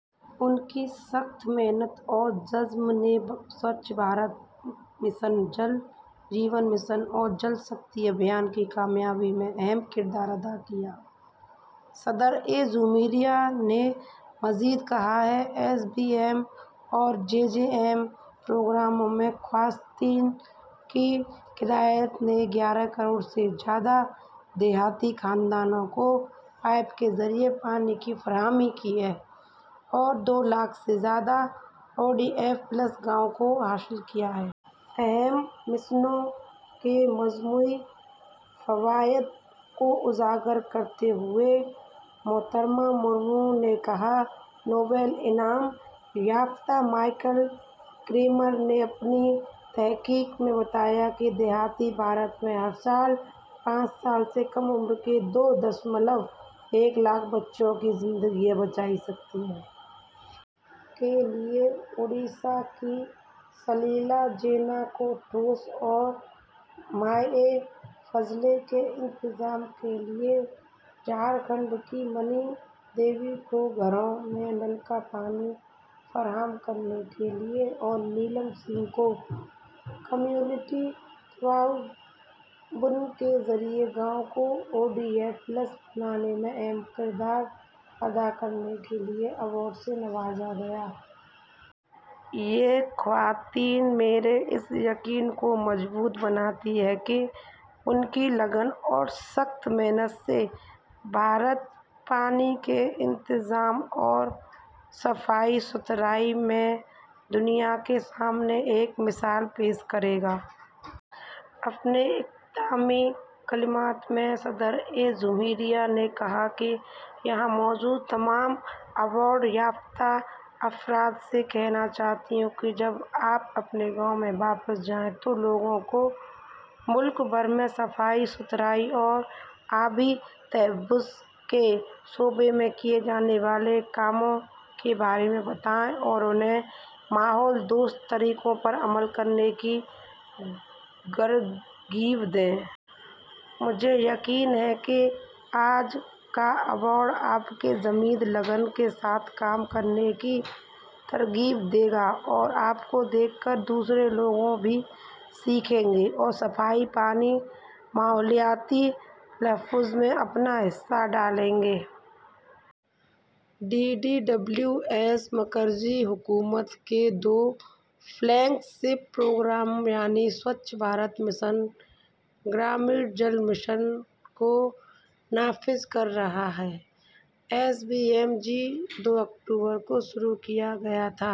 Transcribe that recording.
ان کی سخت محنت اور عزم نے سوچھ بھارت مشن، جل جیون مشن اور جل شکتی ابھیان کی کامیابی میں اہم کردار ادا کیا ہے۔ صدر جمہوریہ نے مزید کہا کہ ایس بی ایم اور جے جے ایم پروگراموں میں خواتین کی قیادت نے گیارہ کروڑ سے زیادہ دیہی کنبوں کو پائپ کے ذریعے پانی کی فراہمی کی ہے اور دو لاکھ سے زیادہ او ڈی ایف پلس گاؤوں کو حاصل کیا ہے۔ اہم مشنوں کے مجموعی فوائد کو اجاگر کرتے ہوئے محترمہ مرمو نے کہا، ''نوبل انعام یافتہ مائیکل کریمر نے اپنی تحقیق میں بتایا ہے کہ دیہی بھارت میں ہر سال پانچ سال سے کم عمر کے دو اعشاریہ ایک لاکھ بچوں کی زندگیاں بچائی جا سکتی ہیں۔ کے لیے، اوڈیشہ کی سلیلا جینا کو ٹھوس اور مائع فضلہ کے انتظام کے لیے، جھارکھنڈ کی منی دیوی کو گھروں میں نل کا پانی فراہم کرنے کے لیے، اور نیلم سنگھ کو کمیونٹی تعاون کے ذریعہ گاؤں کو او ڈی ایف پلس بنانے میں اہم کردار ادا کرنے کے لیے ایوارڈ سے نوازا گیا۔ یہ خواتین میرے اس یقین کو مضبوط بناتی ہیں کہ ان کی لگن اور سخت محنت سے بھارت پانی کے انتظام اور صفائی ستھرائی میں دنیا کے سامنے ایک مثال پیش کرے گا۔ اپنے اختتامی کلمات میں صدر جمہوریہ نے کہا کہ میں یہاں موجود تمام ایوارڈ یافتہ افراد سے کہنا چاہتی ہوں کہ جب آپ اپنے گاؤوں میں واپس جائیں تو لوگوں کو ملک بھر میں صفائی ستھرائی اور آبی تحفظ کے شعبے میں کیے جانے والے کاموں کے بارے میں بتائیں اور انھیں ماحول دوست طریقوں پر عمل کرنے کی ترغیب دیں۔ مجھے یقین ہے کہ آج کا ایوارڈ آپ کو مزید لگن کے ساتھ کام کرنے کی ترغیب دے گا اور آپ کو دیکھ کر دوسرے لوگ بھی سیکھیں گے اور صفائی، پانی اور ماحولیاتی تحفظ میں اپنا حصہ ڈالیں گے۔ ڈی ڈی ڈبلیو ایس مرکزی حکومت کے دو فلیگ شپ پروگراموں یعنی سوچھ بھارت مشن گرامین اور جل جیون مشن کو نافذ کر رہا ہے۔ ایس بی ایم-جی دو اکتوبر کو شروع کیا گیا تھا،